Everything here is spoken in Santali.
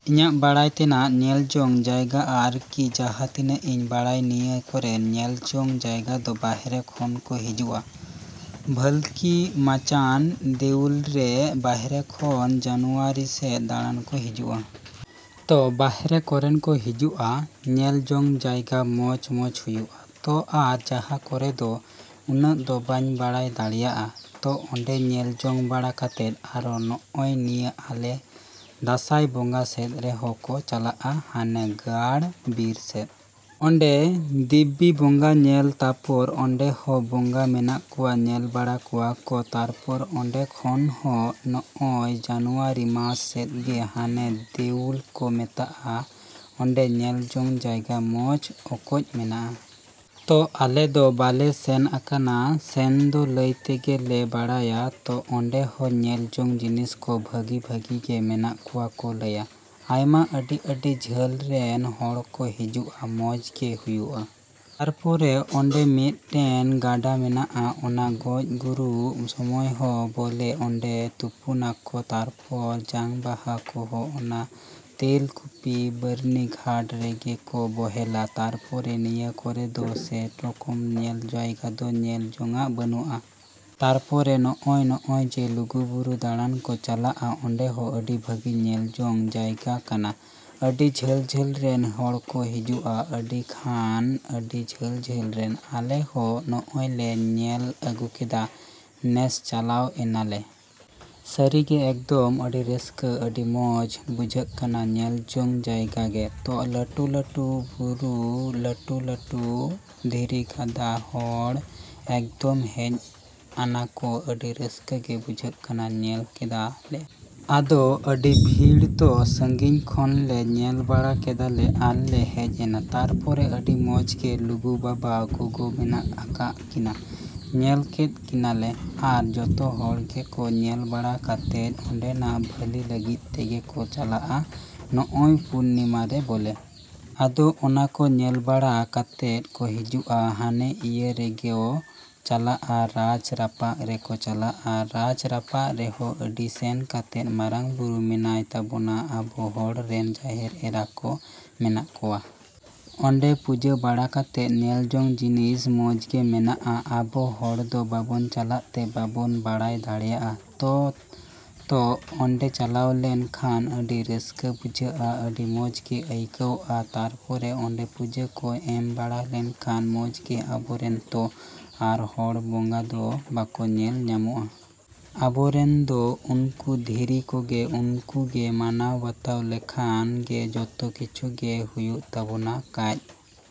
ᱤᱧᱟᱹᱜ ᱵᱟᱲᱟᱭ ᱛᱮᱱᱟᱜ ᱧᱮᱞ ᱡᱚᱝ ᱡᱟᱭᱜᱟ ᱟᱨ ᱠᱤ ᱡᱟᱦᱟᱸ ᱛᱤᱱᱟᱹᱜ ᱤᱧ ᱵᱟᱲᱟᱭ ᱱᱤᱭᱟᱹ ᱠᱚᱨᱮᱱ ᱧᱮᱞ ᱡᱚᱝ ᱡᱟᱭᱜᱟ ᱫᱚ ᱵᱟᱨᱦᱮ ᱠᱷᱚᱱ ᱠᱚ ᱦᱤᱡᱩᱜᱼᱟ᱾ ᱵᱷᱟᱹᱞᱠᱤ ᱢᱟᱪᱟᱱ ᱫᱮᱣᱩᱞ ᱨᱮ ᱵᱟᱨᱦᱮ ᱠᱷᱚᱱ ᱡᱟᱱᱩᱣᱟᱨᱤ ᱥᱮᱫ ᱫᱟᱬᱟᱱ ᱠᱚ ᱦᱤᱡᱩᱜᱼᱟ᱾ ᱛᱚ ᱵᱟᱨᱦᱮ ᱠᱚᱨᱮᱱ ᱠᱚ ᱦᱤᱡᱩᱜᱼᱟ ᱧᱮᱞ ᱡᱚᱝ ᱡᱟᱭᱜᱟ ᱢᱚᱡᱽᱼᱢᱚᱡᱽ ᱦᱩᱭᱩᱜᱼᱟ᱾ ᱛᱚ ᱟᱨ ᱡᱟᱦᱟᱸ ᱠᱚᱨᱮ ᱫᱚ ᱩᱱᱟᱹᱜ ᱫᱚ ᱵᱟᱹᱧ ᱵᱟᱲᱟᱭ ᱫᱟᱲᱮᱭᱟᱜᱼᱟ᱾ ᱛᱚ ᱚᱸᱰᱮ ᱧᱮᱞ ᱡᱚᱝ ᱵᱟᱲᱟ ᱠᱟᱛᱮᱫ ᱟᱨᱚ ᱱᱚᱜᱼᱚᱭ ᱱᱤᱭᱟᱹ ᱟᱞᱮ ᱫᱟᱸᱥᱟᱭ ᱵᱚᱸᱜᱟ ᱥᱮᱫ ᱨᱮᱦᱚᱸ ᱠᱚ ᱪᱟᱞᱟᱜᱼᱟ ᱦᱟᱱᱮ ᱜᱟᱲ ᱵᱤᱨ ᱥᱮᱫ᱾ ᱚᱸᱰᱮ ᱫᱤᱵᱤ ᱵᱚᱸᱜᱟ ᱧᱮᱞ ᱛᱟᱯᱚᱨ ᱚᱸᱰᱮ ᱦᱚᱸ ᱵᱚᱸᱜᱟ ᱢᱮᱱᱟᱜ ᱠᱚᱣᱟ ᱧᱮᱞ ᱵᱟᱲᱟ ᱠᱚᱣᱟ ᱠᱚ᱾ ᱛᱟᱯᱚᱨ ᱚᱸᱰᱮ ᱠᱷᱚᱱ ᱦᱚᱸ ᱱᱚᱜᱼᱚᱭ ᱡᱟᱱᱩᱣᱟᱨᱤ ᱢᱟᱥ ᱥᱮᱫ ᱜᱮ ᱦᱟᱱᱮ ᱫᱮᱣᱩᱞ ᱠᱚ ᱢᱮᱛᱟᱜᱼᱟ ᱚᱸᱰᱮ ᱧᱮᱞ ᱡᱚᱝ ᱡᱟᱭᱜᱟ ᱢᱚᱡᱽ ᱚᱠᱚᱡ ᱢᱮᱱᱟᱜᱼᱟ᱾ ᱛᱚ ᱟᱞᱮ ᱫᱚ ᱵᱟᱞᱮ ᱥᱮᱱ ᱟᱠᱟᱱᱟ ᱥᱮᱱ ᱫᱚ ᱞᱟᱹᱭ ᱛᱮᱜᱮ ᱞᱮ ᱵᱟᱲᱟᱭᱟ᱾ ᱛᱚ ᱚᱸᱰᱮ ᱦᱚᱸ ᱧᱮᱞ ᱡᱚᱝ ᱡᱤᱱᱤᱥ ᱠᱚ ᱵᱷᱟᱹᱜᱤ ᱵᱷᱟᱹᱜᱤ ᱜᱮ ᱢᱮᱱᱟᱜ ᱠᱚᱣᱟ ᱠᱚ ᱞᱟᱹᱭᱟ᱾ ᱟᱭᱢᱟ ᱟᱹᱰᱤ ᱟᱹᱰᱤ ᱡᱷᱟᱹᱞ ᱨᱮᱱ ᱦᱚᱲ ᱠᱚ ᱦᱤᱡᱩᱜᱼᱟ ᱢᱚᱡᱽ ᱜᱮ ᱦᱩᱭᱩᱜᱼᱟ᱾ ᱛᱟᱯᱚᱨᱮ ᱚᱸᱰᱮ ᱢᱤᱫᱴᱮᱱ ᱜᱟᱰᱟ ᱢᱮᱱᱟᱜᱼᱟ ᱚᱱᱟ ᱜᱚᱡ ᱜᱩᱨᱩᱜ ᱥᱚᱢᱚᱭ ᱦᱚᱸ ᱵᱚᱞᱮ ᱚᱸᱰᱮ ᱛᱩᱯᱩᱱᱟᱠᱚ ᱛᱟᱯᱚᱨ ᱡᱟᱝ ᱵᱟᱦᱟ ᱠᱚᱦᱚᱸ ᱚᱱᱟ ᱛᱮᱞ ᱠᱩᱯᱤ ᱵᱟᱹᱨᱱᱤ ᱜᱷᱟᱴ ᱨᱮᱜᱮ ᱠᱚ ᱵᱚᱦᱮᱞᱟ᱾ ᱛᱟᱨᱯᱚᱨᱮ ᱱᱤᱭᱟᱹ ᱠᱚᱨᱮ ᱫᱚ ᱥᱮ ᱨᱚᱠᱚᱢ ᱧᱮᱞ ᱡᱟᱭᱜᱟ ᱫᱚ ᱧᱮᱞ ᱡᱚᱝᱼᱟᱜ ᱵᱟᱹᱱᱩᱜᱼᱟ᱾ ᱛᱟᱯᱚᱨᱮ ᱱᱚᱜᱼᱚᱭ ᱱᱚᱜᱼᱚᱭ ᱡᱮ ᱞᱩᱜᱩ ᱵᱩᱨᱩ ᱫᱟᱲᱟᱱ ᱠᱚ ᱪᱟᱞᱟᱜᱼᱟ ᱚᱸᱰᱮ ᱦᱚᱸ ᱟᱹᱰᱤ ᱵᱷᱟᱹᱜᱤ ᱧᱮᱞ ᱡᱚᱝ ᱡᱟᱭᱜᱟ ᱠᱟᱱᱟ᱾ ᱟᱹᱰᱤ ᱡᱷᱟᱹᱞ ᱡᱷᱟᱹᱞ ᱨᱮᱱ ᱦᱚᱲ ᱠᱚ ᱦᱤᱡᱩᱜᱼᱟ ᱟᱹᱰᱤ ᱠᱷᱟᱱ ᱟᱹᱰᱤ ᱡᱷᱟᱹᱞ ᱡᱷᱟᱹᱞ ᱨᱮᱱ᱾ ᱟᱞᱮ ᱦᱚᱸ ᱱᱚᱜᱼᱚᱭ ᱞᱮ ᱧᱮᱞ ᱟᱹᱜᱩ ᱠᱮᱫᱟ ᱱᱮᱥ ᱪᱟᱞᱟᱣ ᱮᱱᱟ ᱞᱮ᱾ ᱥᱟᱹᱨᱤ ᱜᱮ ᱮᱠᱫᱚᱢ ᱟᱹᱰᱤ ᱨᱟᱹᱥᱠᱟᱹ ᱟᱹᱰᱤ ᱢᱚᱡᱽ ᱵᱩᱡᱷᱟᱹᱜ ᱠᱟᱱᱟ ᱧᱮᱞ ᱡᱚᱝ ᱡᱟᱭᱜᱟ ᱜᱮ᱾ ᱛᱚ ᱞᱟᱹᱴᱩ ᱞᱟᱹᱴᱩ ᱵᱩᱨᱩ ᱞᱟᱹᱴᱩ ᱞᱟᱹᱴᱩ ᱫᱷᱤᱨᱤ ᱜᱟᱫᱟ ᱦᱚᱲ ᱮᱠᱫᱚᱢ ᱦᱮᱡ ᱟᱱᱟᱠᱚ ᱟᱹᱰᱤ ᱨᱟᱹᱥᱠᱟᱹ ᱜᱮ ᱵᱩᱡᱷᱟᱹᱜ ᱠᱟᱱᱟ ᱧᱮᱞ ᱠᱮᱫᱟ ᱞᱮ᱾ ᱟᱫᱚ ᱟᱹᱰᱤ ᱵᱷᱤᱲ ᱛᱚ ᱥᱟᱺᱜᱤᱧ ᱠᱷᱚᱱ ᱞᱮ ᱧᱮᱞ ᱵᱟᱲᱟ ᱠᱮᱫᱟ ᱞᱮ ᱟᱨ ᱞᱮ ᱦᱮᱡ ᱮᱱᱟ᱾ ᱛᱟᱯᱚᱨᱮ ᱟᱹᱰᱤ ᱢᱚᱡᱽ ᱜᱮ ᱞᱩᱜᱩ ᱵᱟᱵᱟ ᱜᱚᱜᱚ ᱢᱮᱱᱟᱜ ᱟᱠᱟᱜ ᱠᱤᱱᱟᱹ ᱧᱮᱞ ᱠᱮᱫ ᱠᱤᱱᱟᱹ ᱞᱮ᱾ ᱟᱨ ᱡᱚᱛᱚ ᱦᱚᱲ ᱜᱮᱠᱚ ᱧᱮᱞ ᱵᱟᱲᱟ ᱠᱟᱛᱮᱫ ᱚᱸᱰᱮᱱᱟᱜ ᱵᱷᱟᱹᱞᱤ ᱞᱟᱹᱜᱤᱫ ᱛᱮᱜᱮ ᱠᱚ ᱪᱟᱞᱟᱜᱼᱟ ᱱᱚᱜᱼᱚᱭ ᱯᱩᱨᱱᱤᱢᱟ ᱨᱮ ᱵᱚᱞᱮ᱾ ᱟᱫᱚ ᱚᱱᱟ ᱠᱚ ᱧᱮᱞ ᱵᱟᱲᱟ ᱠᱟᱛᱮᱫ ᱠᱚ ᱦᱤᱡᱩᱜᱼᱟ ᱦᱟᱱᱮ ᱤᱭᱟᱹ ᱨᱮᱠᱚ ᱪᱟᱞᱟᱜᱼᱟ ᱨᱟᱡᱽ ᱨᱟᱯᱟᱜ ᱨᱮᱠᱚ ᱪᱟᱞᱟᱜᱼᱟ᱾ ᱨᱟᱡᱽ ᱨᱟᱯᱟᱜ ᱨᱮᱦᱚᱸ ᱚᱸᱰᱮ ᱥᱮᱱ ᱠᱟᱛᱮᱫ ᱢᱟᱨᱟᱝ ᱵᱩᱨᱩ ᱢᱮᱱᱟᱭ ᱛᱟᱵᱚᱱᱟ ᱟᱵᱚ ᱦᱚᱲ ᱨᱮᱱ ᱡᱟᱦᱮᱨ ᱮᱨᱟ ᱠᱚ ᱢᱮᱱᱟᱜ ᱠᱚᱣᱟ᱾ ᱚᱸᱰᱮ ᱯᱩᱡᱟᱹ ᱵᱟᱲᱟ ᱠᱟᱛᱮᱫ ᱧᱮᱞ ᱡᱚᱝ ᱡᱤᱱᱤᱥ ᱢᱚᱡᱽ ᱜᱮ ᱢᱮᱱᱟᱜᱼᱟ᱾ ᱟᱵᱚ ᱦᱚᱲ ᱫᱚ ᱵᱟᱵᱚᱱ ᱪᱟᱞᱟᱜ ᱛᱮ ᱵᱟᱵᱚᱱ ᱵᱟᱲᱟᱭ ᱫᱟᱲᱮᱭᱟᱜᱼᱟ᱾ ᱛᱚ ᱛᱚ ᱚᱸᱰᱮ ᱪᱟᱞᱟᱣ ᱞᱮᱱ ᱠᱷᱟᱱ ᱟᱹᱰᱤ ᱨᱟᱹᱥᱠᱟᱹ ᱵᱩᱡᱷᱟᱹᱜᱼᱟ ᱟᱹᱰᱤ ᱢᱚᱡᱽ ᱜᱮ ᱟᱹᱭᱠᱟᱹᱣᱜᱼᱟ᱾ ᱛᱟᱯᱚᱨᱮ ᱚᱸᱰᱮ ᱯᱩᱡᱟᱹ ᱠᱚ ᱮᱢ ᱵᱟᱲᱟ ᱞᱮᱠᱷᱟᱱ ᱢᱚᱡᱽ ᱜᱮ ᱟᱵᱚᱨᱮᱱ ᱛᱚ ᱟᱨ ᱦᱚᱲ ᱵᱚᱸᱜᱟ ᱫᱚ ᱵᱟᱠᱚ ᱧᱮᱞ ᱧᱟᱢᱚᱜᱼᱟ᱾ ᱟᱵᱚᱨᱮᱱ ᱫᱚ ᱩᱱᱠᱩ ᱫᱷᱤᱨᱤ ᱠᱚᱜᱮ ᱩᱱᱠᱩ ᱜᱮ ᱢᱟᱱᱟᱣ ᱵᱟᱛᱟᱣ ᱞᱮᱠᱷᱟᱱ ᱜᱮ ᱡᱚᱛᱚ ᱠᱤᱪᱷᱩ ᱜᱮ ᱦᱩᱭᱩᱜ ᱛᱟᱵᱚᱱᱟ ᱠᱟᱡᱽ᱾